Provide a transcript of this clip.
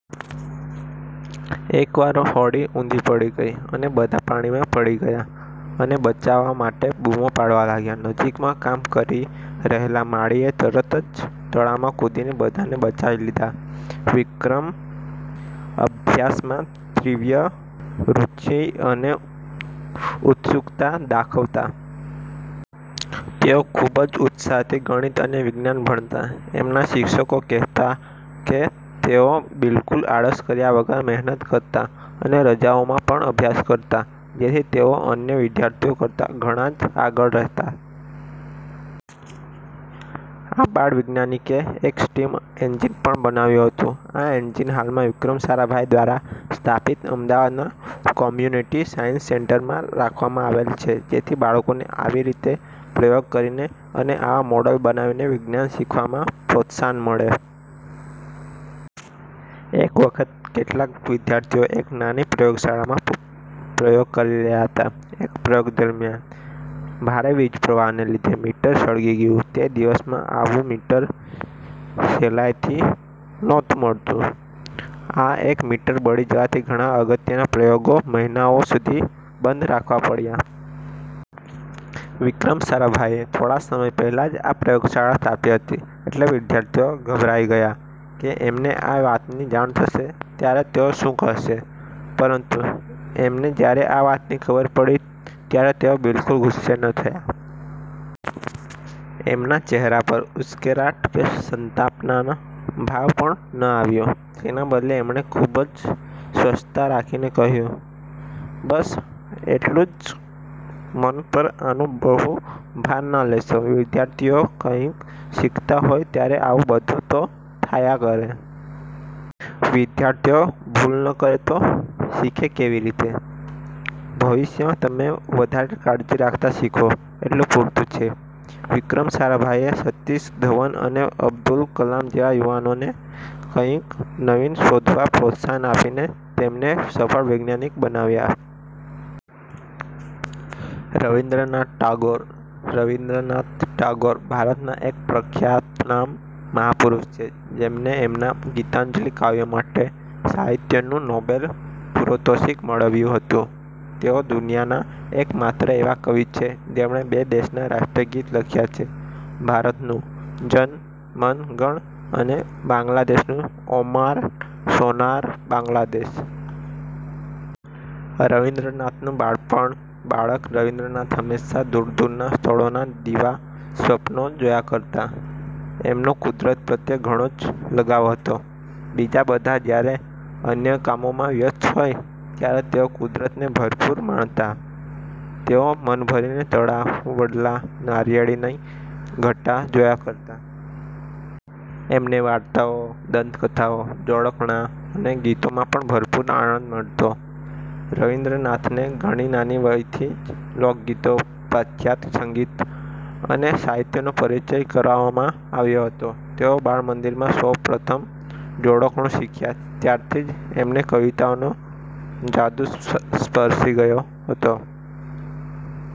એક વાર હોડી ઉંધી પડી ગઈ અને બધા પાણીમાં પડી ગયા અને બચાવ માટે બૂમો પાડવા લાગ્યા. નજીકમાં કામ કરી રહેલા માળીએ તરત જ તળાવમાં કૂદીને બધાને બચાવી લીધા. વિક્રમ અભ્યાસમાં તીવ્ર રુચિ અને ઉત્સુકતા દાખવતા. તેઓ ખુબ જ ઉત્સાહથી ગણિત અને વિજ્ઞાન ભણતા. એમના શિક્ષકો કહેતા કે તેઓ બિલકુલ આળસ કર્યા વગર મહેનત કરતા અને રજાઓમાં પણ અભ્યાસ કરતા જેથી તેઓ અન્ય વિદ્યાર્થીઓ કરતાં ઘણા જ આગળ રહેતા. આ બાળ વૈજ્ઞાનિકે એક સ્ટીમ એન્જીન પણ બનાવ્યું હતું. આ એન્જીન હાલમાં વિક્રમ સારાભાઈ દ્વારા સ્થાપિત અમદાવાદના કોમ્યુનિટી સાયન્સ સેન્ટરમાં રાખવામાં આવેલ છે જેથી બાળકોને આવી રીતે પ્રયોગો કરીને અને આવા મોડલ બનાવીને વિજ્ઞાન શીખવામાં પ્રોત્સાહન મળે. એક વખત કેટલાક વિદ્યાર્થીઓ એક નાની પ્રયોગશાળામાં પ્રયોગ કરી રહ્યા હતા. એક પ્રયોગ દરમ્યાન ભારે વીજપ્રવાહને લીધે મીટર સળગી ગયું. તે દિવસોમાં આવું મીટર સહેલાઇથી નહોતું મળતું. આ એક મીટર બળી જવાથી ઘણા અગત્યના પ્રયોગો મહિનાઓ સુધી બંધ રાખવા પડયા. વિક્રમ સારાભાઈએ થોડા સમય પહેલાં જ આ પ્રયોગશાળા સ્થાપી હતી એટલે વિદ્યાર્થીઓ ગભરાઈ ગયા કે એમને આ વાતની જાણ થશે ત્યારે તેઓ શું કહેશે. પરંતુ એમને જયારે આ વાતની ખબર પડી ત્યારે તેઓ બિલકુલ ગુસ્સે ન થયા. એમના ચહેરા પર ઉશ્કેરાટ કે સંતાપના ભાવ પણ ન આવ્યા. તેના બદલે એમણે ખુબ જ સ્વસ્થતા રાખીને કહયું, "બસ એટલું જ? મન પર આનો બહુ ભાર ના લેશો. વિદ્યાર્થીઓ કાઇંક શીખતા હોય ત્યારે આવું બધું તો થયા કરે. વિદ્યાર્થીઓ ભૂલ ન કરે તો શીખે કેવી રીતે? ભવિષ્યમાં તમે વધારે કાળજી રાખતાં શીખો એટલું પૂરતું છે. " વિક્રમ સારાભાઈએ સતીશ ધવન અને અબ્દુલ કલામ જેવા યુવાનોને કાંઈક નવીન શોધવા પ્રોત્સાહન આપીને એમને સફળ વૈજ્ઞાનિક બનાવ્યા. રવિન્દ્રનાથ ટાગોર રવિન્દ્રનાથ ટાગોર ભારતના એક ખ્યાતનામ મહાપુરુષ છે જેમને એમના "ગીતાંજલિ" કાવ્ય માટે સાહિત્યનું નોબેલ પારિતોષિક મળ્યું હતું. તેઓ દુનિયાના એક માત્ર એવા કવિ છે જેમણે બે દેશોના રાષ્ટ્રગીત લખ્યાં છે ભારતનું 'જન મન ગણ' અને બાંગ્લાદેશનું 'ઓમાર સોનાર બાંગ્લાદેશ'. રવિન્દ્રનાથનું બાળપણ બાળક રવિન્દ્ર હંમેશા દૂર દૂરના સ્થળોના દિવા સ્વપ્નો જોયા કરતા. એમનો કુદરત પ્રત્યે ઘણો જ લગાવ હતો. બીજા બધા જયારે અન્ય કામોમાં વ્યસ્ત હોય ત્યારે તેઓ કુદરતને ભરપૂર માણતા. તેઓ મનભરીને તળાવ, વડલા, નારિયેળીની ઘટા જોયા કરતા. એમને વાર્તાઓ, દંતકથાઓ, જોડકણાં અને ગીતોમાં પણ ભરપૂર આનંદ મળતો. રવિન્દ્રનાથને ઘણી નાની વયથી જ લોકગીતો, પાશ્ચાત્ય સંગીત અને સાહિત્યનો પરિચય કરાવવામાં આવ્યો હતો. તેઓ બાળમંદિરમાં સૌપ્રથમ જોડકણું શીખ્યા ત્યારથી જ એમને કવિતાઓનો જાદુ સપર્શી ગયો હતો.